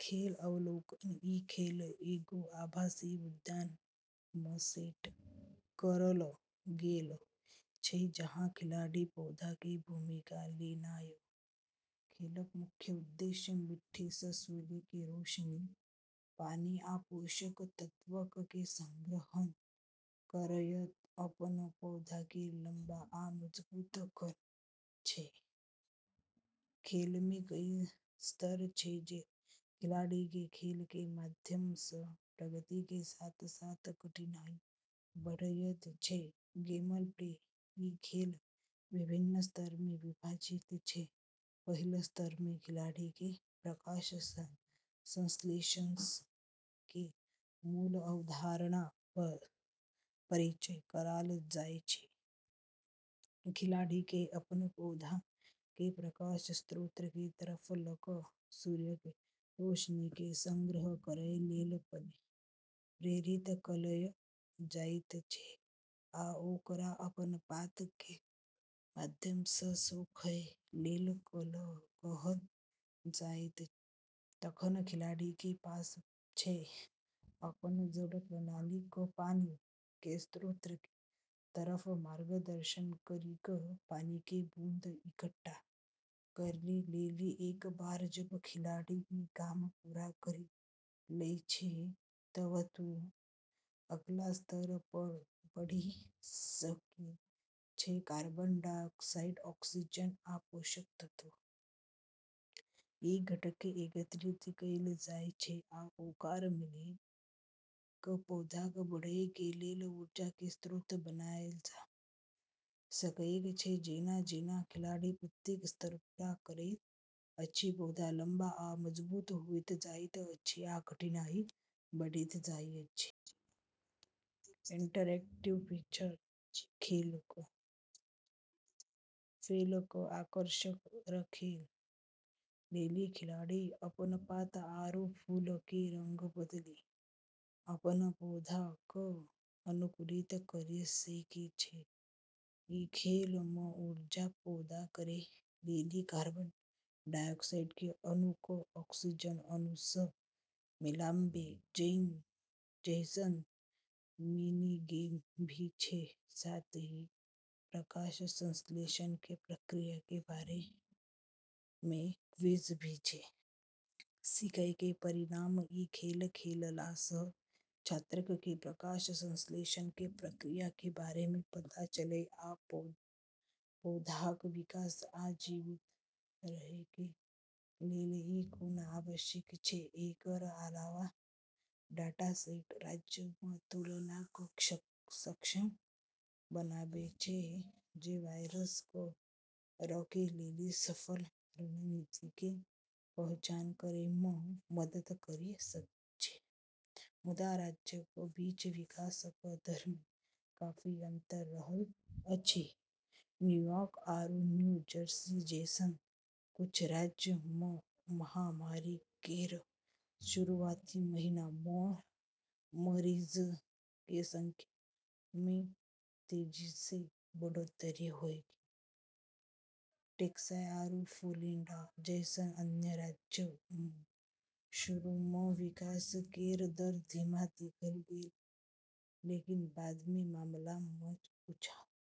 खेल अवलोकन: ई खेल एगो आभासी उद्यान मऽ सेट करलऽ गेलऽ छै जहाँ खिलाड़ी पौधा के भूमिका लेनाय । खेलक मुख्य उद्देश्य मिट्टी सऽ सूर्य के रोशनी, पानी, आ पोषक तत्वक कें संग्रहण करयत अपन पौधा के लंबा आ मजबूत करनाय छै। खेल मे कई स्तर छै जे खिलाड़ी के खेल के माध्यम सऽ प्रगति के साथ-साथ कठिनाई बढ़यत छै। गेमप्ले: ई खेल विभिन्न स्तर में विभाजित छै। पहिल स्तर में खिलाड़ी के प्रकाश संश्लेषण के मूल अवधारणा स परिचय करायल जाय छै। खिलाड़ी के अपन पौधा के प्रकाश स्रोत के तरफ ल क सूर्य के रोशनी के संग्रह करय लेल प्रेरित कयल जाइत छै आ ओकरा अपन पात के माध्यम स सोखय लेल कहल जायत छै। तखन खिलाड़ी के पास छै अपनऽ जड़ प्रणाली कऽ पानी के स्रोत के तरफ मार्गदर्शन करी कऽ पानी के बूंद इकट्ठा करै लेली। एक बार जब खिलाड़ी ई काम पूरा करी लै छै तऽ वू अगला स्तर पऽ बढ़ी सकै छै कार्बन डाइऑक्साइड, ऑक्सीजन, आ पोषक तत्व। इ घटक के एकत्रित कैल जा सकएय छै आ ओकरा मिला क पौधाक बढ़एय के लेल ऊर्जा के स्रोत बनायल जा सकएय छै। जेना-जेना खिलाड़ी प्रत्येक स्तर पूरा करैत अछि, पौधा लंबा आ मजबूत होइत जाइत अछि, आ कठिनाई बढ़ैत जाइत अछि। इंटरैक्टिव फीचर: खेल कऽ आकर्षक रखै लेली खिलाड़ी अपनऽ पात आरू फूलऽ के रंग बदली कऽ अपनऽ पौधा कऽ अनुकूलित करी सकै छै। ई खेल मऽ ऊर्जा पैदा करै लेली कार्बन डाइऑक्साइड के अणु क॑ ऑक्सीजन अणु सऽ मिलाबै जैसनऽ मिनी गेम भी छै, साथ ही प्रकाश संश्लेषण के प्रक्रिया के बारे मऽ क्विज भी छै। सीखय के परिणाम: इ खेल खेलला सऽ छात्रक के प्रकाश संश्लेषण के प्रक्रिया के बारे मे पता चलतय आ पौधाक विकास आ जीवित रहय के लेल इ कोना आवश्यक छै ।एकरऽ अलावा, डाटा सेट राज्यऽ मऽ तुलना कऽ सक्षम बनाबै छै, जे वायरस कऽ रोकै लेली सफल रणनीति के पहचान करै मऽ मदद करी सकै छै। मुदा राज्य क बीच विकास क दर मे काफी अंतर रहल अछि। न्यूयॉर्क आरू न्यू जर्सी जैसनऽ कुछ राज्यऽ मऽ महामारी केरऽ शुरुआती महीना मऽ मरीजऽ के संख्या मऽ तेजी सऽ बढ़ोत्तरी होय गेलै। टेक्सास आरू फ्लोरिडा जैसनऽ अन्य राज्यऽ मऽ शुरू मऽ विकास केरऽ दर धीमा देखलऽ गेलै, लेकिन बाद मे मामला मऽ उछाल ।